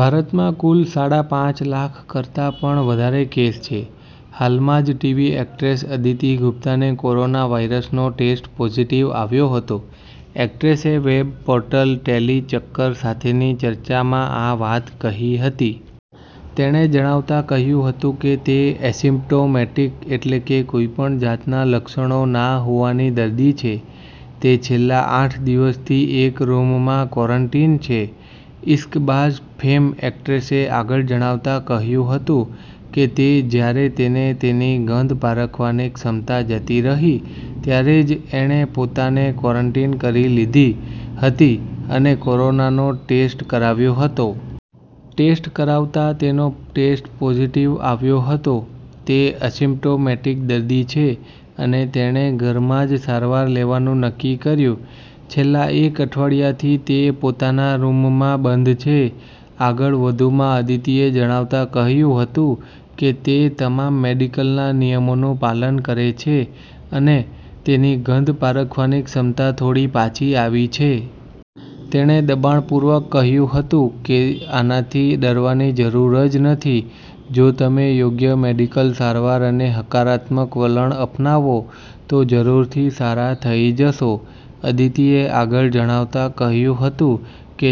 ભારતમાં કુલ સાડા પાંચ લાખ કરતાં પણ વધારે કેસ છે. હાલમાં જ ટીવી એક્ટ્રેસ અદિતી ગુપ્તાને કોરોના વાઈરસનો ટેસ્ટ પોઝિટિવ આવ્યો હતો. એક્ટ્રેસે વેબ પોર્ટલ ટેલિ ચક્કર સાથેની ચર્ચામાં આ વાત કહી હતી. તેણે જણાવતાં કહ્યું હતું, કે તે અસિમ્પ્ટોમેટિક એટલે કે કોઈપણ જાતના લક્ષણો ના હોવાની દર્દી છે. તે છેલ્લાં આઠ દિવસથી એક રૂમમાં ક્વૉરન્ટીન છે. 'ઈશ્કબાઝ' ફૅમ એક્ટ્રેસે આગળ જણાવતાં કહ્યું હતું, કે તે જ્યારે તેને તેની ગંધ પારખવાની ક્ષમતા જતી રહી, ત્યારે જ એણે પોતાને ક્વૉરન્ટીન કરી લીધી હતી, અને કોરોનાનો ટેસ્ટ કરાવ્યો હતો. ટેસ્ટ કરાવતાં તેનો ટેસ્ટ પોઝિટિવ આવ્યો હતો. તે અસિમ્પ્ટોમેટિક દર્દી છે, અને તેણે ઘરમાં જ સારવાર લેવાનું નક્કી કર્યું. છેલ્લાં એક અઠવાડિયાંથી તે પોતાના રૂમમાં બંધ છે. આગળ વધુમાં અદિતીએ જણાવતાં કહ્યું હતું, કે તે તમામ મેડિકલનાં નિયમોનું પાલન કરે છે, અને તેની ગંધ પારખવાની ક્ષમતા થોડી પાછી આવી છે. તેણે દબાણપૂર્વક કહ્યું હતું, કે આનાથી ડરવાની જરૂર જ નથી. જો તમે યોગ્ય મેડિકલ સારવાર અને હકારાત્મક વલણ અપનાવો તો જરૂરથી સારા થઈ જશો. અદિતીએ આગળ જણાવતાં કહ્યું હતું, કે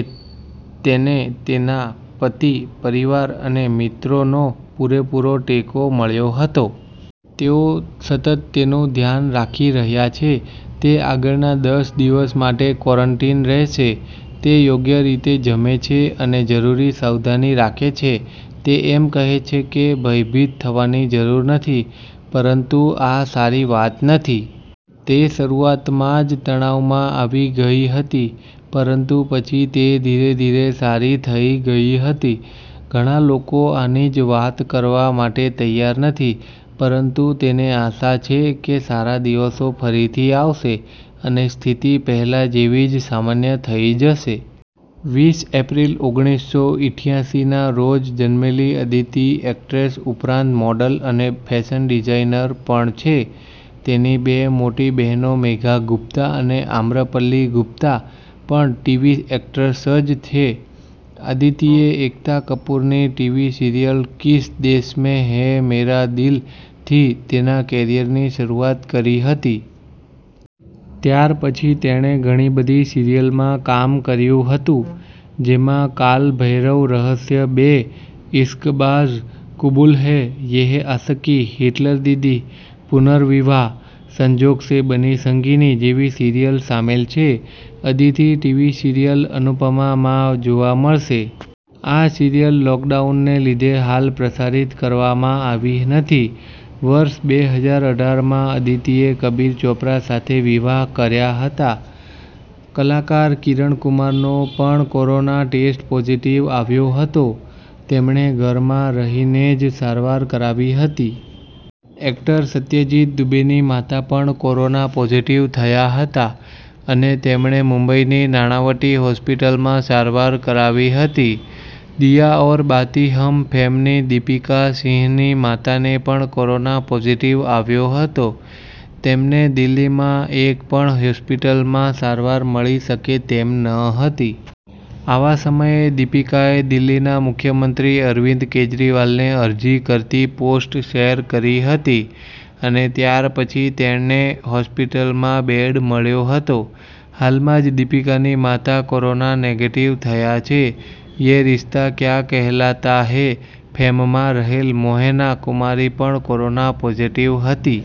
તેને તેનાં પતિ, પરિવાર અને મિત્રોનો પૂરેપુરો ટેકો મળ્યો હતો. તેઓ સતત તેનું ધ્યાન રાખી રહ્યાં છે. તે આગળનાં દસ દિવસ માટે ક્વૉરન્ટીન રહેશે. તે યોગ્ય રીતે જમે છે, અને જરૂરી સાવધાની રાખે છે. તે એમ કહે છે, કે ભયભીત થવાની જરૂર નથી, પરંતુ આ સારી વાત નથી. તે શરૂઆતમાં જ તણાવમાં આવી ગઈ હતી. પરંતુ પછી તે ધીરે-ધીરે સારી થઈ ગઈ હતી. ઘણાં લોકો આની જ વાત કરવા માટે તૈયાર નથી, પરંતુ તેને આશા છે, કે સારા દિવસો ફરીથી આવશે અને સ્થિતિ પહેલાં જેવી જ સામાન્ય થઈ જશે. વીસ એપ્રિલ, ઓગણીસસો ઈઠયાસીનાં રોજ જન્મેલી અદિતી એક્ટ્રેસ ઉપરાંત મોડેલ અને ફેશન ડિઝાઈનર પણ છે. તેની બે મોટી બહેનો મેઘા ગુપ્તા અને આમ્રપલી ગુપ્તા પણ ટીવી એક્ટ્રેસ જ છે. અદિતીએ એકતા કપૂરની ટીવી સિરિયલ 'કિસ દેશ મૈં હૈ મેરા દિલ'થી તેનાં કેરિયરની શરૂઆત કરી હતી. ત્યાર પછી તેણે ઘણીબધી સિરિયલમાં કામ કર્યું હતું, જેમાં 'કાલ ભૈરવ રહસ્ય બે', 'ઈશ્કબાઝ', 'કૂબૂલ હૈં', 'યે હૈં આશિકી', 'હિટલર દીદી', 'પુર્નવિવાહ', 'સંજોગ સે બની સંગીની' જેવી સીરીયલ સામેલ છે. અદિતી ટીવી સીરિયલ 'અનુપમા'માં જોવા મળશે. આ સિરિયલ લૉકડાઉનને લીધે હાલ પ્રસારિત કરવામાં આવી નથી. વર્ષ બે હજાર અઢારમાં અદિતીએ કબીર ચોપરા સાથે વિવાહ કર્યાં હતાં. કલાકાર કિરણ કુમારનો પણ કોરોના ટેસ્ટ પોઝિટિવ આવ્યો હતો. તેમણે ઘરમાં રહીને જ સારવાર કરાવી હતી. એક્ટર સત્યજીત દૂબેની માતા પણ કોરોના પોઝિટિવ થયાં હતાં, અને તેમણે મુંબઈની નાણાવટી હોસ્પિટલમાં સારવાર કરાવી હતી. 'દિયા ઔર બાતી હમ' ફૅમની દીપિકા સિંહની માતાને પણ કોરોના પોઝિટિવ આવ્યો હતો. તેમને દિલ્હીમાં એક પણ હોસ્પિટલમાં સારવાર મળી શકે તેમ ન હતી. આવાં સમયે દીપિકાએ દિલ્હીના મુખ્યમંત્રી અરવિંદ કેજરીવાલને અરજી કરતી પોસ્ટ શેર કરી હતી, અને ત્યાર પછી તેને હોસ્પિટલમાં બેડ મળ્યો હતો. હાલમાં જ દીપિકાની માતા કોરોના નેગેટિવ થયાં છે. 'યે રિશ્તા ક્યા કહેલાતા હૈં' ફૅમમાં રહેલ મોહેના કુમારી પણ કોરોના પોઝિટિવ હતી.